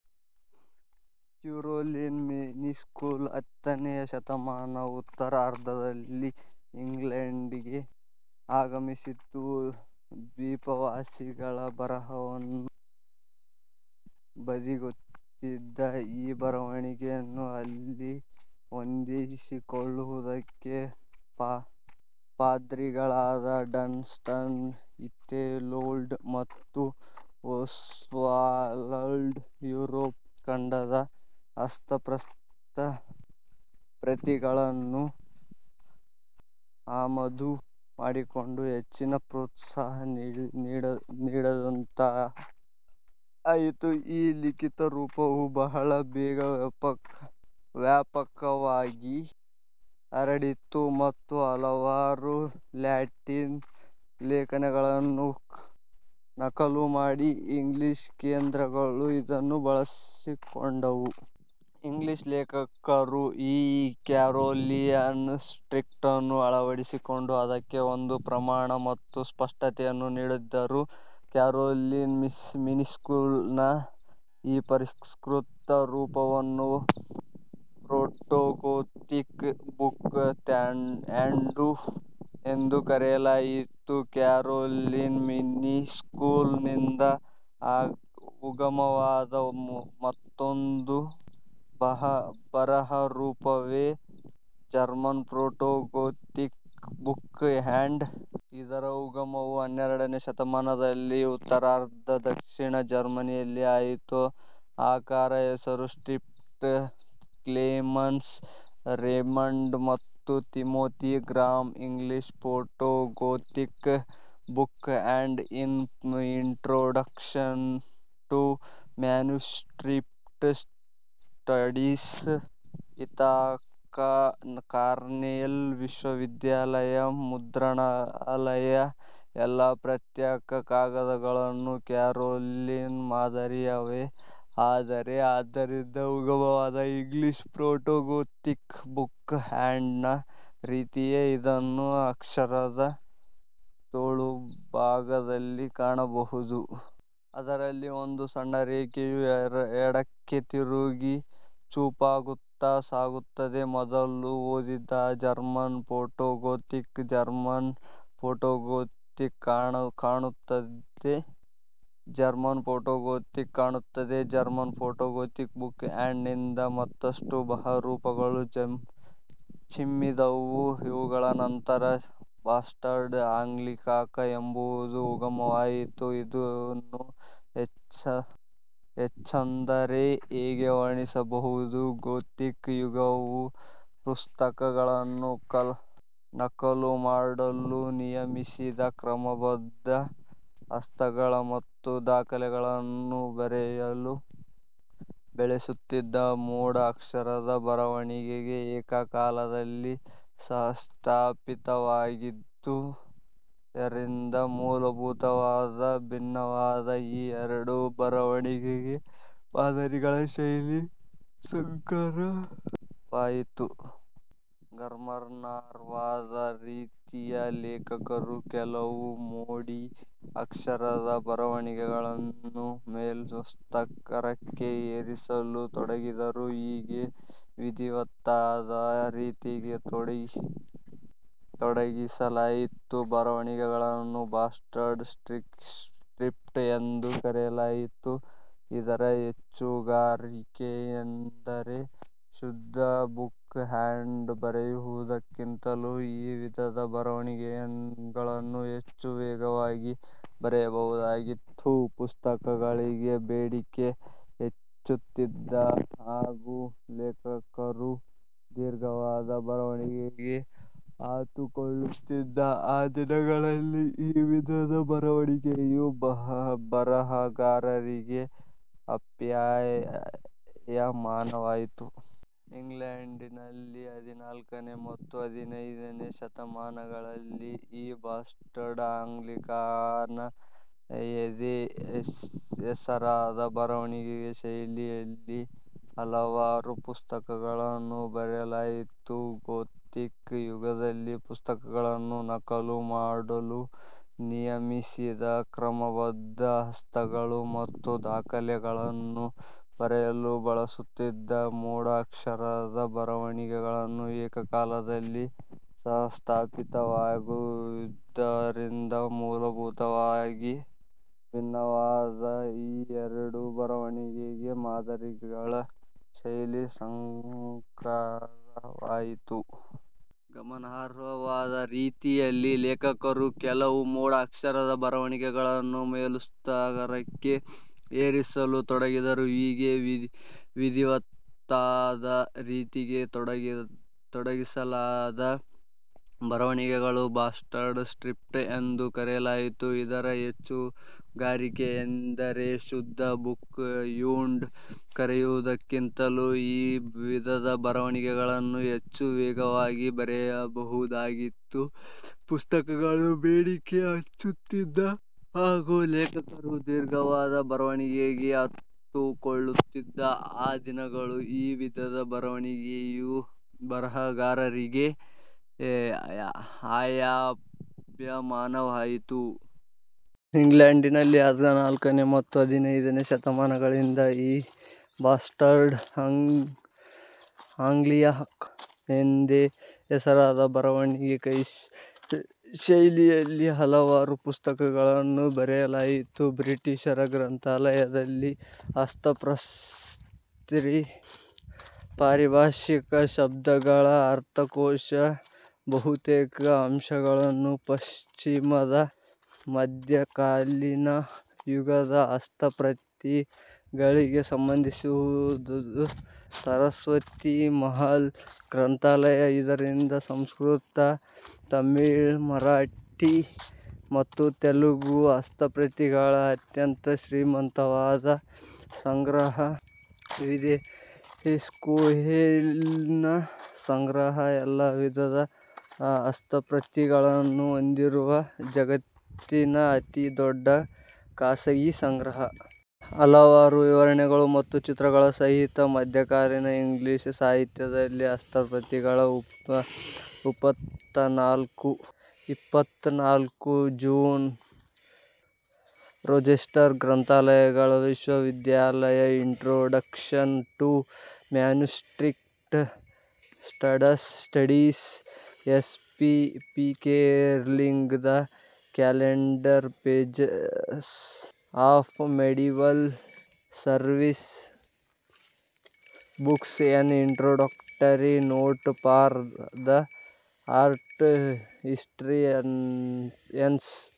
Caroline minuscule ಹತ್ತನೆಯ ಶತಮಾನದ ಉತ್ತರಾರ್ಧದಲ್ಲಿ England ಗೆ ಆಗಮಿಸಿತು. ದ್ವೀಪವಾಸಿಗಳ ಬರಹವನ್ನು ಬದಿಗೊತ್ತಿದ ಈ ಬರವಣಿಗೆಯನ್ನು ಅಲ್ಲಿ ಹೊಂದಿಸಿಕೊಳ್ಳುವುದಕ್ಕೆ ಪಾದ್ರಿಗಳಾದ ಡನ್ ಸ್ಟನ್, ಯೀಥೆಲ್ವೋಲ್ಡ್ ಮತ್ತು ಓಸ್ವಾಲ್ಡ್ ರು ಯೂರೋಪ್ ಖಂಡದ ಹಸ್ತಪ್ರತಿಗಳನ್ನು ಆಮದು ಮಾಡಿಕೊಂಡಿದ್ದು ಹೆಚ್ಚಿನ ಪ್ರೋತ್ಸಾಹ ನೀಡಿದಂತಾಯಿತು. ಈ ಲಿಖಿತರೂಪವು ಬಹಳ ಬೇಗ ವ್ಯಾಪಕವಾಗಿ ಹರಡಿತು ಹಾಗೂ ಹಲವಾರು ಲ್ಯಾಟಿನ್ ಲೇಖನಗಳನ್ನು ನಕಲು ಮಾಡಲು ಇಂಗ್ಲಿಷ್ ಕೇಂದ್ರಗಳು ಇದನ್ನು ಬಳಸಿಕೊಂಡವು. ಇಂಗ್ಲಿಷ್ ಲೇಖಕರು ಈ ಕ್ಯಾರೋಲಿಂಗಿಯನ್ ಸ್ಕ್ರಿಪ್ಟನ್ನು ಅಳವಡಿಸಿಕೊಂಡು, ಅದಕ್ಕೆ ಒಂದು ಪ್ರಮಾಣ ಮತ್ತು ಸ್ಪಷ್ಟತೆಯನ್ನು ನೀಡಿದರು. ಕ್ಯಾರೋಲಿನ್ ಮಿನಿಸ್ಕ್ಯೂಲ್ ನ ಈ ಪರಿಷ್ಕೃತ ರೂಪವನ್ನು ಪ್ರೋಟೋಗೋಥಿಕ್ ಬುಕ್ ಹ್ಯಾಂಡ್ ಎಂದು ಕರೆಯಲಾಯಿತು. ಕ್ಯಾರೋಲಿನ್ ಮಿನಿಸ್ಕ್ಯೂಲ್ ನಿಂದ ಉಗಮವಾದ ಮತ್ತೊಂದು ಬರಹರೂಪವೇ ಜರ್ಮನ್ ಪ್ರೋಟೋಗೋಥಿಕ್ ಬುಕ್ ಹ್ಯಾಂಡ್. ಇದರ ಉಗಮವು ಹನ್ನೆರಡನೆಯ ಶತಮಾನದ ಉತ್ತರಾರ್ಧದಲ್ಲಿ ದಕ್ಷಿಣ ಜರ್ಮನಿಯಲ್ಲಿ ಆಯಿತು. ಆಕರ ಹೆಸರು "ಸ್ಕ್ರಿಪ್ಟ್" ಕ್ಲೆಮೆನ್ಸ್. ರೇಮಂಡ್ ಮತ್ತು Timothy Graham. "English protogothic book hand" in introduction to manuscript studies. Ithaca Cornell ವಿಶ್ವವಿದ್ಯಾಲಯ ಮುದ್ರಣಾಲಯ, ಎಲ್ಲಾ ಪ್ರತ್ಯೇಕ ಕಾಗದಗಳೂ ಕ್ಯಾರೋಲಿನ್ ಮಾದರಿಯವೆ; ಆದರೆ ಅದರಿಂದಲೇ ಉಗಮವಾದ ಇಂಗ್ಲಿಷ್ ಪ್ರೋಟೋಗೋಥಿಕ್ ಬುಕ್ ಹ್ಯಾಂಡ್ ನ ರೀತಿಯದೇ ಇದನ್ನು ಅಕ್ಷರದ ತೋಳುಭಾಗದಲ್ಲಿ ಕಾಣಬಹುದು. ಅದರಲ್ಲಿ ಒಂದು ಸಣ್ಣರೇಖೆಯು ಎಡಕ್ಕೆ ತಿರುಗಿ ಚೂಪಾಗುತ್ತಾ ಸಾಗುತ್ತದೆ. ಮೊದಲು ಓದಿದಾಗ ಜರ್ಮನ್ ಪ್ರೋಟೋಗೋಥಿಕ್ ಜರ್ಮನ್ ಪ್ರೋಟೋಗೋಥಿಕ್ ಕಾಣುತ್ತದೆ. ಜರ್ಮನ್ ಪ್ರೋಟೋಗೋಥಿಕ್ ಬುಕ್ ಹ್ಯಾಂಡ್ ನಿಂದ ಮತ್ತಷ್ಟು ಬರಹರೂಪಗಳು ಚಿಮ್ಮಿದವು. ಇವುಗಳ ನಂತರ ಬಾಸ್ಟರ್ಡ್ ಆಂಗ್ಲಿಕಾನಾ ಎಂಬುದು ಉಗಮವಾಯಿತು. ಇದನ್ನು ಹೆಚ್ಚೆಂದರೆ ಹೀಗೆ ವರ್ಣಿಸಬಹುದು, ಗೋಥಿಕ್ ಯುಗದಲ್ಲಿ ಪುಸ್ತಕಗಳನ್ನು ನಕಲು ಮಾಡಲು ನಿಯಮಿಸಿದ್ದ ಕ್ರಮಬದ್ಧ ಹಸ್ತಗಳು ಮತ್ತು ದಾಖಲೆಗಳನ್ನು ಬರೆಯಲು ಬಳಸುತ್ತಿದ್ದ ಮೋಡಿ ಅಕ್ಷರದ ಬರವಣಿಗೆಗಳು ಏಕಕಾಲದಲ್ಲಿ ಸಹಸ್ಥಾಪಿತವಾಗಿದ್ದುದರಿಂದ ಮೂಲಭೂತವಾಗಿ ಭಿನ್ನವಾದ ಈ ಎರಡು ಬರವಣಿಗೆಗಳ ಮಾದರಿಗಳ ಶೈಲಿ-ಸಂಕರವಾಯಿತು. ಗಮನಾರ್ಹವಾದ ರೀತಿಯಲ್ಲಿ ಲೇಖಕರು ಕೆಲವು ಮೋಡಿ ಅಕ್ಷರದ ಬರವಣಿಗೆಗಳನ್ನು ಮೇಲುಸ್ತರಕ್ಕೆ ಏರಿಸಲು ತೊಡಗಿದರು. ಹೀಗೆ ವಿಧಿವತ್ತಾದ ರೀತಿಗೆ ತೊಡಗಿಸಲಾದ ಬರವಣಿಗೆಗಳನ್ನು ಬಾಸ್ಟರ್ಡ್ ಸ್ಕ್ರಿಪ್ಟ್ ಎಂದು ಕರೆಯಲಾಯಿತು. ಇದರ ಹೆಚ್ಚುಗಾರಿಕೆಯೆಂದರೆ ಶುದ್ಧ ಬುಕ್ ಹ್ಯಾಂಡ್ ಬರೆಯುವುದಕ್ಕಿಂತಲೂ ಈ ವಿಧದ ಬರವಣಿಗೆಗಳನ್ನು ಹೆಚ್ಚು ವೇಗವಾಗಿ ಬರೆಯಬಹುದಾಗಿತ್ತು. ಪುಸ್ತಕಗಳಿಗೆ ಬೇಡಿಕೆ ಹೆಚ್ಚುತ್ತಿದ್ದ ಹಾಗೂ ಲೇಖಕರು ದೀರ್ಘವಾದ ಬರವಣಿಗೆಗಳಿಗೆ ಆತುಕೊಳ್ಳುತ್ತಿದ್ದ ಆ ದಿನಗಳಲ್ಲಿ ಈ ವಿಧದ ಬರವಣಿಗೆಯು ಬರಹಗಾರರಿಗೆ ಆಪ್ಯಾಯಮಾನವಾಯಿತು. ಇಂಗ್ಲೆಂಡ್ ನಲ್ಲಿ ಹದಿನಾಲ್ಕನೆಯ ಮತ್ತು ಹದಿನೈದನೆಯ ಶತಮಾನಗಳಲ್ಲಿ ಈ ಬಾಸ್ಟರ್ಡ್ ಆಂಗ್ಲಿಕಾನಾ ಎಂದೇ ಹೆಸರಾದ ಬರವಣಿಗೆಯ ಶೈಲಿಯಲ್ಲಿ ಹಲವಾರು ಪುಸ್ತಕಗಳನ್ನು ಬರೆಯಲಾಯಿತು. ಗೋಥಿಕ್ ಯುಗದಲ್ಲಿ ಪುಸ್ತಕಗಳನ್ನು ನಕಲು ಮಾಡಲು ನಿಯಮಿಸಿದ್ದ ಕ್ರಮಬದ್ಧ ಹಸ್ತಗಳು ಮತ್ತು ದಾಖಲೆಗಳನ್ನು ಬರೆಯಲು ಬಳಸುತ್ತಿದ್ದ ಮೋಡಿ ಅಕ್ಷರದ ಬರವಣಿಗೆಗಳು ಏಕಕಾಲದಲ್ಲಿ ಸಹಸ್ಥಾಪಿತವಾಗಿದ್ದುದರಿಂದ ಮೂಲಭೂತವಾಗಿ ಭಿನ್ನವಾದ ಈ ಎರಡು ಬರವಣಿಗೆಗಳ ಮಾದರಿಗಳ ಶೈಲಿ ಸಂಕರವಾಯಿತು. ಗಮನಾರ್ಹವಾದ ರೀತಿಯಲ್ಲಿ ಲೇಖಕರು ಕೆಲವು ಮೋಡಿ ಅಕ್ಷರದ ಬರವಣಿಗೆಗಳನ್ನು ಮೇಲುಸ್ತರಕ್ಕೆ ಏರಿಸಲು ತೊಡಗಿದರು. ಹೀಗೆ ವಿಧಿವತ್ತಾದ ರೀತಿಗೆ ತೊಡಗಿಸಲಾದ ಬರವಣಿಗೆಗಳನ್ನು ಬಾಸ್ಟರ್ಡ್ ಸ್ಕ್ರಿಪ್ಟ್ ಎಂದು ಕರೆಯಲಾಯಿತು. ಇದರ ಹೆಚ್ಚುಗಾರಿಕೆಯೆಂದರೆ ಶುದ್ಧ ಬುಕ್ ಹ್ಯಾಂಡ್ ಬರೆಯುವುದಕ್ಕಿಂತಲೂ ಈ ವಿಧದ ಬರವಣಿಗೆಗಳನ್ನು ಹೆಚ್ಚು ವೇಗವಾಗಿ ಬರೆಯಬಹುದಾಗಿತ್ತು. ಪುಸ್ತಕಗಳಿಗೆ ಬೇಡಿಕೆ ಹೆಚ್ಚುತ್ತಿದ್ದ ಹಾಗೂ ಲೇಖಕರು ದೀರ್ಘವಾದ ಬರವಣಿಗೆಗಳಿಗೆ ಆತುಕೊಳ್ಳುತ್ತಿದ್ದ ಆ ದಿನಗಳಲ್ಲಿ ಈ ವಿಧದ ಬರವಣಿಗೆಯು ಬರಹಗಾರರಿಗೆ ಆಪ್ಯಾಯಮಾನವಾಯಿತು. ಇಂಗ್ಲೆಂಡ್ ನಲ್ಲಿ ಹದಿನಾಲ್ಕನೆಯ ಮತ್ತು ಹದಿನೈದನೆಯ ಶತಮಾನಗಳಲ್ಲಿ ಈ ಬಾಸ್ಟರ್ಡ್ ಆಂಗ್ಲಿಕಾನಾ ಎಂದೇ ಹೆಸರಾದ ಬರವಣಿಗೆಯ ಶೈಲಿಯಲ್ಲಿ ಹಲವಾರು ಪುಸ್ತಕಗಳನ್ನು ಬರೆಯಲಾಯಿತು. ಬ್ರಿಟಿಷ್ ಗ್ರಂಥಾಲಯದ ಹಸ್ತಪ್ರತಿ ಪಾರಿಭಾಷಿಕ ಶಬ್ದಗಳ ಅರ್ಥಕೋಶ ಬಹುತೇಕ ಅಂಶಗಳು ಪಶ್ಚಿಮದ ಮಧ್ಯಕಾಲೀನ ಯುಗದ ಹಸ್ತಪ್ರತಿಗಳಿಗೆ ಸಂಬಂಧಿಸುದುದು ಸರಸ್ವತಿಮಹಲ್ ಗ್ರಂಥಾಲಯ. ಇದರಲ್ಲಿ ಸಂಸ್ಕೃತ, ತಮಿಳ್, ಮರಾಠಿ ಮತ್ತು ತೆಲುಗಿನ ಹಸ್ತಪ್ರತಿಗಳ ಅತ್ಯಂತ ಶ್ರೀಮಂತವಾದ ಸಂಗ್ರಹ ವಿದೆ ಸ್ಕೋಯೆನ್ ಸಂಗ್ರಹ ಎಲ್ಲಾ ವಿಧದ ಹಸ್ತಪ್ರತಿಗಳನ್ನು ಹೊಂದಿರುವ ಜಗತ್ತಿನ ಅತಿ ದೊಡ್ಡ ಖಾಸಗಿ ಸಂಗ್ರಹ. ಹಲವಾರು ವಿವರಣೆಗಳು ಮತ್ತು ಚಿತ್ರಗಳ ಸಹಿತ ಮಧ್ಯಕಾಲೀನ್ ಇಂಗ್ಲಿಷ್ ಸಾಹಿತ್ಯದ ಹಸ್ತಪ್ರತಿಗಳು. ಇಪ್ಪತ್ತನಾಲ್ಕು ಜೂನ್ ರೋಚೆಸ್ಟರ್ ಗ್ರಂಥಾಲಯಗಳ ವಿಶ್ವವಿದ್ಯಾಲಯ introduction to manuscript studies. F. P. ಪಿಕೆರ್ಲಿಂಗದ calendar pages of medieval service books an introductory note for the art historians.